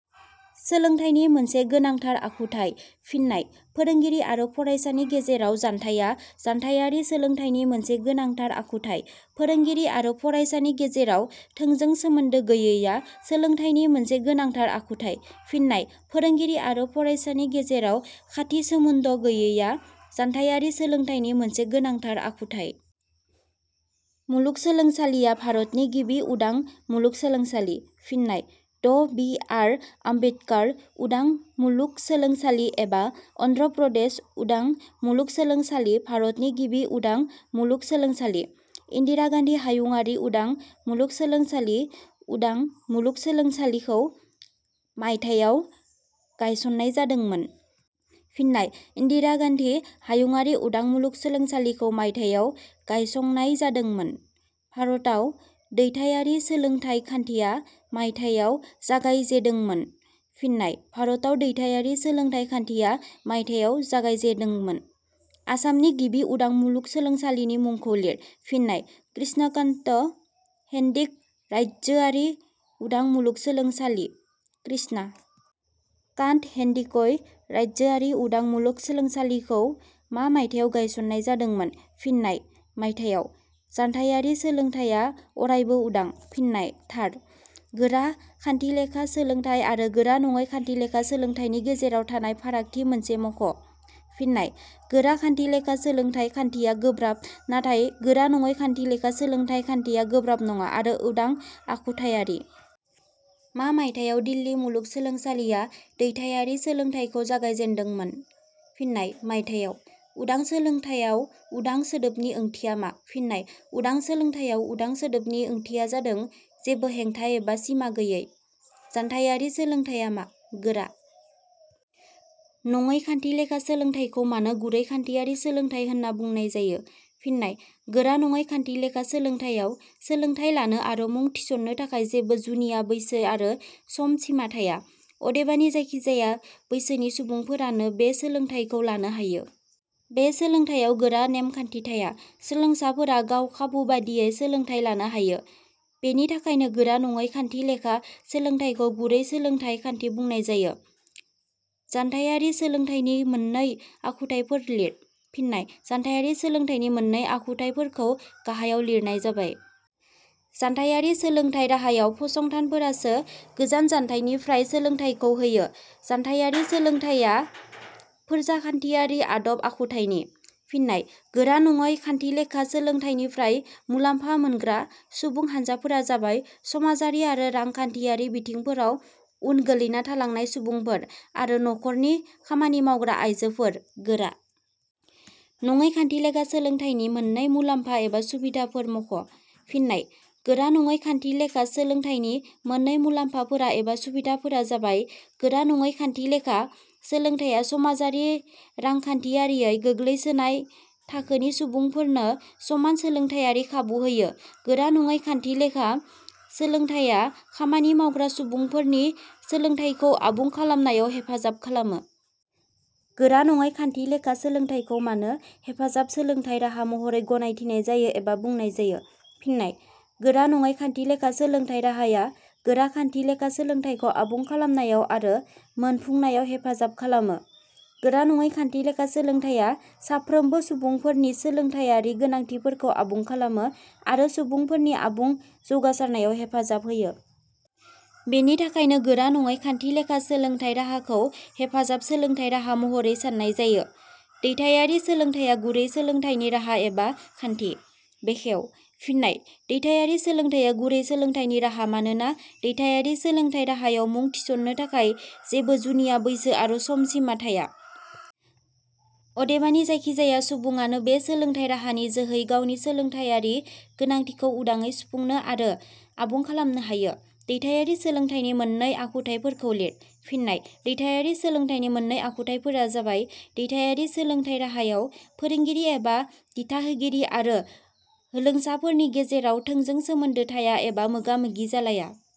सोलोंथाइनि मोनसे गोनांथार आखुथाइ। फिन्नाय: फोरोंगिरि आरो फरायसानि गेजेराव जानथाइया जानथाइयारि सोलोंथाइनि मोनसे गोनांथार आखुथाइ।. फोरोंगिरि आरो फरायसानि गेजेराव थोंजों सोमोन्दो गोयैया…….. सोलोंथाइनि मोनसे गोनांथार आखुथाइ। फिन्नाय: फोरोंगिरि आरो फरायसानि गेजेराव खाथि सोमोन्द गोयैया जानथाइयारि सोलोंथाइनि मोनसे गोनांथार आखुथाइ।.……. मुलुगसोलोंसालिया भारतनि गिबि उदां मुलुगसोलोंसालि। फिन्नाय: ड बि. आर. आम्बेदकार उदां मुलुगसोलोंसालि एबा अन्ध्र प्रदेश उदां मुलुगसोलोंसालि भारतनि गिबि उदां मुलुगसोलोंसालि।: इन्दिरा गान्धी हायुंङारि उदां मुलुगसोलोंसालि उदां मुलुगसोलोंसालिखौ……. मायथाइयाव गायसननाय जादोंमोन। फिन्नाय: इन्दिरा गान्धी हायुंङारि उदां मुलुगसोलोंसालिखौ मायथाइयाव गायसंनाय जादोंमोन।. भारताव दैथाइयारि सोलोंथाइ खान्थिया……… मायथाइयाव जागायजेदोंमोन। फिन्नाय: भारताव दैथाइयारि सोलोंथाइ खान्थिया मायथाइयाव जागायजेदोंमोन।. आसामनि गिबि उदां मुलुगसोलोंसालिनि मुंखौ लिर। फिन्नाय: कृष्णाकान्त हेनदिक राज्योआरि उदां मुलुगसोलोंसालि।.कृष्णा कान्ट हेनदिकै राज्योआरि उदां मुलुगसोलोंसालिखौ मा मायथाइयाव गायसननाय जादोंमोन? फिन्नाय: मायथाइयाव।. जानथाइयारि सोलोंथाइया अरायबो उदां। फिन्नाय: थार।. गोरा खान्थिलेखा सोलोंथाइ आरो गोरा नङै खान्थिलेखा सोलोंथाइनि गेजेराव थानाय फारागथि मोनसे मख'। फिन्नाय: गोरा खान्थिलेखा सोलोंथाइ खान्थिया गोब्राब, नाथाय गोरा नङै खान्थिलेखा सोलोंथाइ खान्थिया गोब्राब नङा आरो उदां आखुथाइयारि।. मा मायथाइयाव दिल्ली मुलुगसोलोंसालिया दैथाइयारि सोलोंथाइखौ जागायजेनदोंमोन? फिन्नाय: मायथाइयाव।. उदां सोलोंथाइयाव 'उदां '' सोदोबनि ओंथिया मा? फिन्नाय: उदां सोलोंथाइयाव ' उदां ' सोदोबनि ओंथिया जादों जेबो हेंथा एबा सिमा गोयै।. जानथाइयारि सोलोंथाइया मा?.गोरा नङै खान्थि लेखा सोलोंथाइखौ मानो गुरै खान्थिआरि सोलोंथाइ होनना बुंनाय जायो? फिन्नाय: गोरा नङै खान्थिलेखा सोलोंथाइयाव सोलोंथाइ लानो आरो मुं थिसननो थाखाय जेबो जुनिया बैसो आरो सम सिमा थाया। अदेबानि जायखिजाया बैसोनि सुबुंफोरानो बे सोलोंथाइखौ लानो हायो। बे सोलोंथाइयाव गोरा नेमखान्थि थाया, सोलोंसाफोरा गाव खाबु बादियै सोलोंथाइ लानो हायो। बेनि थाखायनो गोरा नङै खान्थिलेखा सोलोंथाइखौ गुरै सोलोंथाइ खान्थि बुंनाय जायो।. जानथाइयारि सोलोंथाइनि मोननै आखुथाइफोर लिर। फिन्नाय: जानथाइयारि सोलोंथाइनि मोननै आखुथाइफोरखौ गाहायाव लिरनाय जाबाय:. जानथायारि सोलोंथाइ राहायाव फसंथानफोरासो गोजान जानथाइनिफ्राय सोलोंथाइखौ होयो।. जानथाइयारि सोलोंथाइया फोरजाखान्थियारि आदब आखुथाइनि। फिन्नाय:गोरा नङै खान्थिलेखा सोलोंथाइनिफ्राय मुलाम्फा मोनग्रा सुबुं हानजाफोरा जाबाय: समाजारि आरो रांखान्थियारि बिथिंफोराव उन गोलैना थालांनाय सुबुंफोर आरो. नखर 'रनि खामानि मावग्रा आइजोफोर।.गोरा नङै खान्थिलेखा सोलोंथाइनि मोननै मुलाम्फा एबा सुबिधाफोर मख'-। फिन्नाय: गोरा नङै खान्थिलेखा सोलोंथाइनि मोननै मुलाम्फाफोरा एबा सुबिधाफोरा जाबाय: गोरा नङै खान्थिलेखा सोलोंथाइया समाजारि रांखान्थियारियै गोग्लैसोनाय थाखोनि सुबुंफोरनो समान सोलोंथाइयारि खाबु होयो। गोरा नङै खान्थिलेखा सोलोंथाइया खामानि मावग्रा सुबुंफोरनि सोलोंथाइखौ आबुं खालामनायाव हेफाजाब खालामो।. गोरा नङै खान्थिलेखा सोलोंथाइखौ मानो हेफाजाब सोलोंथाइ राहा महरै गनायथिनाय जायो एबा बुंनाय जायो? फिन्नाय: गोरा नङै खान्थिलेखा सोलोंथाइ राहाया गोरा खान्थिलेखा सोलोंथाइखौ आबुं खालामनायाव आरो मोनफुंनायाव हेफाजाब खालामो। गोरा नङै खान्थिलेखा सोलोंथाइया साफ्रोमबो सुबुंफोरनि सोलोंथाइयारि गोनांथिफोरखौ आबुं खालामो आरो सुबुंफोरनि आबुं जौगासारनायाव हेफाजाब होयो। बेनि थाखायनो गोरा नङै खान्थिलेखा सोलोंथाइ राहाखौ हेफाजाब सोलोंथाइ राहा महरै साननाय जायो।. ' दैथाइयारि सोलोंथाइया गुरै सोलोंथाइनि राहा एबा खान्थि 'बेखेव –। फिन्नाय: दैथाइयारि सोलोंथाइया गुरै सोलोंथाइनि राहा, मानोना, दैथाइयारि सोलोंथाइ राहायाव मुं थिस 'ननो थाखाय जेबो जुनिया बैसो आरो सम सिमा थाया। अदेबानि जायखिजाया सुबुङानो बे सोलोंथाइ राहानि जोहै गावनि सोलोंथाइयारि गोनांथिखौ उदाङै सुफुंनो आरो आबुं खालामनो हायो।. दैथाइयारि सोलोंथाइनि मोननै आखुथाइफोर लिर। फिन्नाय: दैथाइयारि सोलोंथाइनि मोननै आखुथाइफोरा जाबाय:. दैथाइयारि सोलोंथाइ राहायाव फोरोंगिरि एबा दिथाहोगिरि आरो होलोंसाफोरनि गेजेराव थोंजों सोमोन्दो थाया एबा मोगा मोगि जालाया।